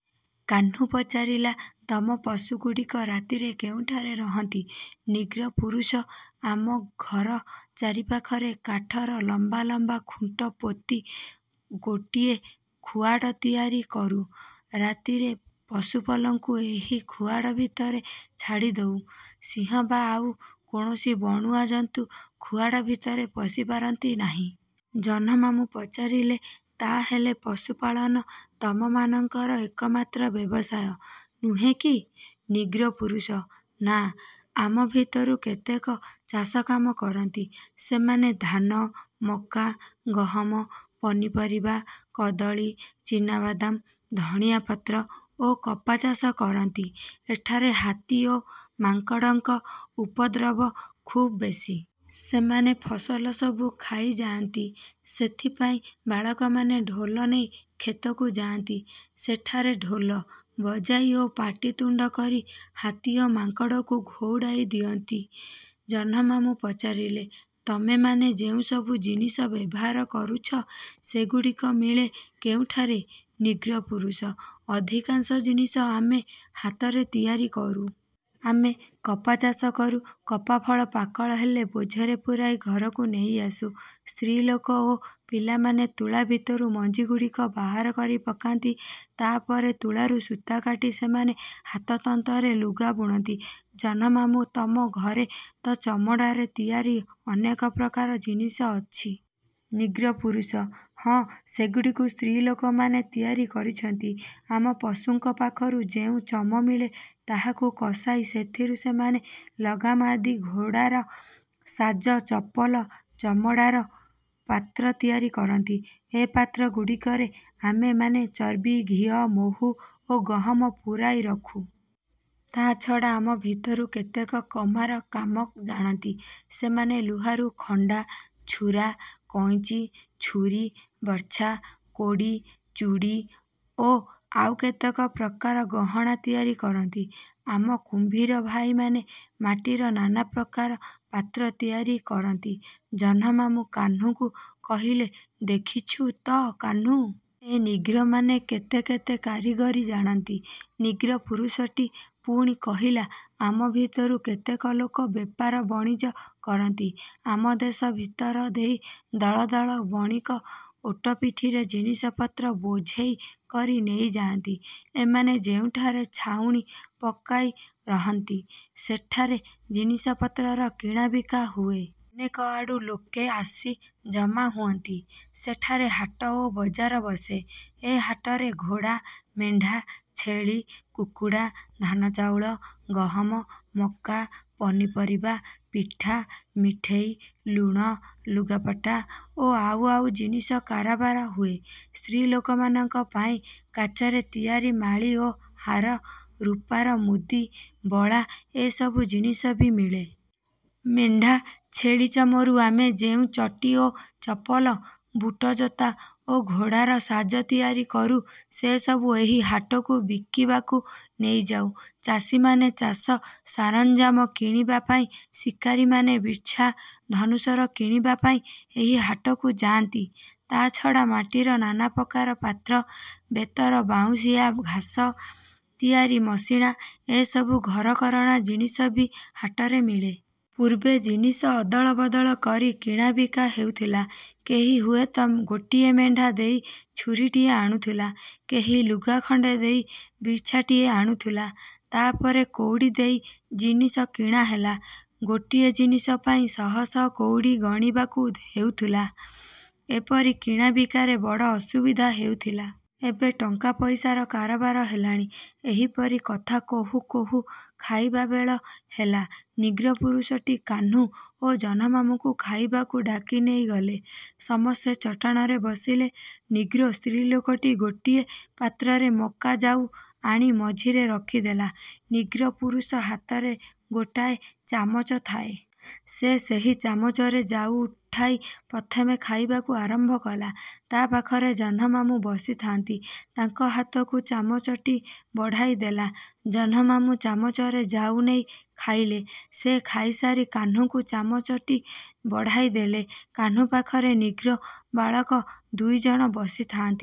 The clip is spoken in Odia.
କାହ୍ନୁ ପଚାରିଲା-ତମ ପଶୁଗୁଡ଼ିକ ରାତିରେ କେଉଁଠାରେ ରହନ୍ତି? ନିଗ୍ରୋ ପୁରୁଷ-ଆମ ଘର ଚାରିପାଖରେ କାଠର ଲମ୍ବା ଲମ୍ବା ଖୁଣ୍ଟ ପୋତି ଗୋଟିଏ ଖୁଆଡ଼ ତିଆରି କରୁଁ। ରାତିରେ ପଶୁପଲଙ୍କୁ ଏହି ଖୁଆଡ଼ ଭିତରେ ଛାଡ଼ିଦେଉ। ସିଂହ ବା ଆଉ କୌଣସି ବଣୁଆ ଜନ୍ତୁ ଖୁଆଡ଼ ଭିତରେ ପଶିପାରନ୍ତି ନାହିଁ। ଜହ୍ନମାମୁଁ ପଚାରିଲେ-ତା'ହେଲେ ପଶୁପାଳନ ତମ ମାନଙ୍କର ଏକମାତ୍ର ବ୍ୟବସାୟ, ନୁହେଁ କି? ନିଗ୍ରୋ ପୁରୁଷ-ନା, ଆମ ଭିତରୁ କେତେକ ଚାଷକାମ କରନ୍ତି। ସେମାନେ ଧାନ, ମକା, ଗହମ, ପନିପରିବା, କଦଳୀ, ଚିନାବାଦାମ, ଧୂଆଁପତ୍ର ଓ କପାଚାଷ କରନ୍ତି। ଏଠାରେ ହାତୀ ଓ ମାଙ୍କଡ଼ଙ୍କ ଉପଦ୍ରବ ଖୁବ୍ ବେଶୀ। ସେମାନେ ଫସଲ ସବୁ ଖାଇଯାଆନ୍ତି। ସେଥିପାଇଁ ବାଳକମାନେ ଢୋଲ ନେଇ ଖେତକୁ ଯାଆନ୍ତି। ସେଠାରେ ଢୋଲ। ବଜାଇ ଓ ପାଟିତୁଣ୍ଡ କରି ହାତୀ ଓ ମାଙ୍କଡ଼ଙ୍କୁ ଘଉଡ଼ାଇ ଦିଅନ୍ତି। ଜହ୍ନମାମୁଁ ପଚାରିଲେ-ତମେମାନେ ଯେଉଁସବୁ ଜିନିଷ ବ୍ୟବହାର କରୁଛ, ସେଗୁଡ଼ିକ ମିଳେ କେଉଁଠାରେ? ନିଗ୍ରୋ ପୁରୁଷ-ଅଧିକାଂଶ ଜିନିଷ ଆମେ ହାତରେ ତିଆରି କରୁ। ଆମେ କପାଚାଷ କରୁ। କପାଫଳ ପାକଳ ହେଲେ ବୋଝରେ ପୂରାଇ ଘରକୁ ନେଇଆସୁ। ସ୍ତ୍ରୀଲୋକ ଓ ପିଲାମାନେ ତୁଳା ଭିତରୁ ମଞ୍ଜିଗୁଡ଼ିକ ବାହାର କରି ପକାନ୍ତି। ତା'ପରେ ତୁଳାରୁ ସୂତା କାଟି ସେମାନେ ହାତତନ୍ତରେ ଲୁଗା ବୁଣନ୍ତି। ଜହ୍ନମାମୁଁ-ତମ ଘରେ ତ ଚମଡ଼ାରେ ତିଆରି ଅନେକ ପ୍ରକାର ଜିନିଷ ଅଛି। ନିଗ୍ରୋ ପୁରୁଷ-ହଁ, ସେଗୁଡ଼ିକୁ ସ୍ତ୍ରୀଲୋକମାନେ ତିଆରି କରିଛନ୍ତି। ଆମ ପଶୁଙ୍କ ପାଖରୁ ଯେଉଁ ଚମ ମିଳେ ତାହାକୁ କଷାଇ ସେଥିରୁ ସେମାନେ ଲଗାମ ଆଦି ଘୋଡ଼ାର ସାଜ, ଚପଲ, ଚମଡ଼ାର ପାତ୍ର ତିଆରି କରନ୍ତି। ଏ ପାତ୍ରଗୁଡ଼ିକରେ ଆମେମାନେ ଚର୍ବି, ଘିଅ, ମହୁ ଓ ଗହମ ପୂରାଇ ରଖୁ। ତା'ଛଡ଼ା ଆମ ଭିତରୁ କେତେକ କମାର କାମ ଜାଣନ୍ତି। ସେମାନେ ଲୁହାରୁ ଖଣ୍ଡା, ଛୁରା, କଇଞ୍ଚି, ଛୁରୀ, ବର୍ଚ୍ଛା, କୋଡ଼ି, ଚୁଡ଼ି ଓ ଆଉ କେତେକ ପ୍ରକାର ଗହଣା ତିଆରି କରନ୍ତି। ଆମ କୁମ୍ଭୀର ଭାଇମାନେ ମାଟିର ନାନାପ୍ରକାର ପାତ୍ର ତିଆରି କରନ୍ତି। ଜହ୍ନମାମୁଁ କାହ୍ନୁକୁ କହିଲେ-ଦେଖୁଛୁ ତ କାହ୍ନୁ! ଏ ନିଗ୍ରୋମାନେ କେତେ କେତେ କାରିଗରି ଜାଣନ୍ତି? ନିଗ୍ରୋ ପୁରୁଷଟି ପୁଣି କହିଲା-ଆମ ଭିତରୁ କେତେକ ଲୋକ ବେପାର ବଣିଜ କରନ୍ତି-। ଆମ ଦେଶ ଭିତର ଦେଇ ଦଳ ଦଳ ବଣିକ ଓଟପିଠିରେ ଜିନିଷପତ୍ର ବୋଝେଇ କରି ନେଇ ଯାଆନ୍ତି। ଏମାନେ ଯେଉଁଠାରେ ଛାଉଣି ପକାଇ ରହନ୍ତି, ସେଠାରେ ଜିନିଷପତ୍ରର କିଣାବିକା ହୁଏ-। ଅନେକଆଡ଼ୁ ଲୋକେ ଆସି ଜମା ହୁଅନ୍ତି। ସେଠାରେ ହାଟ ଓ ବଜାର ବସେ। ଏ ହାଟରେ ଘୋଡ଼ା, ମେଣ୍ଢା, ଛେଳି, କୁକୁଡ଼ା, ଧାନଚାଉଳ, ଗହମ, ମକା, ପନିପରିବା, ପିଠା, ମିଠେଇ, ଲୁଣ, ଲୁଗାପଟା ଓ ଆଉ ଆଉ ଜିନିଷ କାରବାର ହୁଏ। ସ୍ତ୍ରୀଲୋକମାନଙ୍କ ପାଇଁ କାଚରେ ତିଆରି ମାଳି ଓ ହାର, ରୂପାର ମୁଦି, ବଳା ଏସବୁ ଜିନିଷ ବି ମିଳେ। ମେଣ୍ଢା ଛେଳି ଚମରୁ ଆମେ ଯେଉଁ ଚଟି ଓ ଚପଲ, ବୁଟଜୋତା ଓ ଘୋଡ଼ାର ସାଜ ତିଆରି କରୁ, ସେସବୁ ଏହି ହାଟକୁ ବିକିବାକୁ ନେଇଯାଉ। ଚାଷୀମାନେ ଚାଷ ସରଞ୍ଜାମ କିଣିବା ପାଇଁ, ଶିକାରୀମାନେ ବର୍ଚ୍ଛା, ଧନୁଶର କିଣିବା ପାଇଁ ଏହି ହାଟକୁ ଯାଆନ୍ତି। ତା'ଛଡ଼ା ମାଟିର ନାନାପ୍ରକାର ପାତ୍ର, ବେତର ବାଉଁଶିଆ, ଘାସ ତିଆରି ମସିଣା ଏସବୁ ଘରକରଣା ଜିନିଷ ବି ହାଟରେ ମିଳେ। ପୂର୍ବେ ଜିନିଷ ଅଦଳବଦଳ କରି କିଣାବିକା ହେଉଥିଲା। କେହି ହୁଏତ ଗୋଟିଏ ମେଣ୍ଢା ଦେଇ ଛୁରୀଟିଏ ଆଣୁଥିଲା। କେହି ଲୁଗା ଖଣ୍ଡେ ଦେଇ ବର୍ଚ୍ଛାଟିଏ ଆଣୁଥିଲା। ତା'ପରେ କଉଡ଼ି ଦେଇ ଜିନିଷ କିଣା ହେଲା। ଗୋଟିଏ ଜିନିଷ ପାଇଁ ଶହଶହ କଉଡ଼ି ଗଣିବାକୁ ହେଉଥିଲା। ଏପରି କିଣା ବିକାରେ ବଡ଼ ଅସୁବିଧା ହେଉଥିଲା। ଏବେ ଟଙ୍କା ପଇସାର କାରବାର ହେଲାଣି। ଏହିପରି କଥା କହୁ କହୁ ଖାଇବା ବେଳ ହେଲା। ନିଗ୍ରୋ ପୁରୁଷଟି କାହ୍ନୁ ଓ ଜହ୍ନମାମୁଁଙ୍କୁ ଖାଇବାକୁ ଡାକି ନେଇଗଲେ। ସମସ୍ତେ ଚଟାଣରେ ବସିଲେ। ନିଗ୍ରୋ ସ୍ତ୍ରୀଲୋକଟି ଗୋଟିଏ ପାତ୍ରରେ ମକା ଜାଉ ଆଣି ମଝିରେ ରଖିଦେଲା। ନିଗ୍ରୋ ପୁରୁଷ ହାତରେ ଗୋଟିଏ ଚାମଚ ଥାଏ। ସେ ସେହି ଚାମଚରେ ଜାଉ ଉଠାଇ ପ୍ରଥମେ ଖାଇବାକୁ ଆରମ୍ଭ କଲା। ତା'ପାଖରେ ଜହ୍ନମାମୁଁ ବସିଥାନ୍ତି। ତାଙ୍କ ହାତକୁ ଚାମଚଟି ବଢ଼ାଇଦେଲା। ଜହ୍ନମାମୁଁ ଚାମଚରେ ଜାଉ ନେଇ ଖାଇଲେ। ସେ ଖାଇସାରି କାହ୍ନୁକୁ ଚାମଚଟି ବଢ଼ାଇ ଦେଲେ। କାହ୍ନୁ ପାଖରେ ନିଗ୍ରୋ ବାଳକ ଦୁଇଜଣ ବସିଥାନ୍ତି।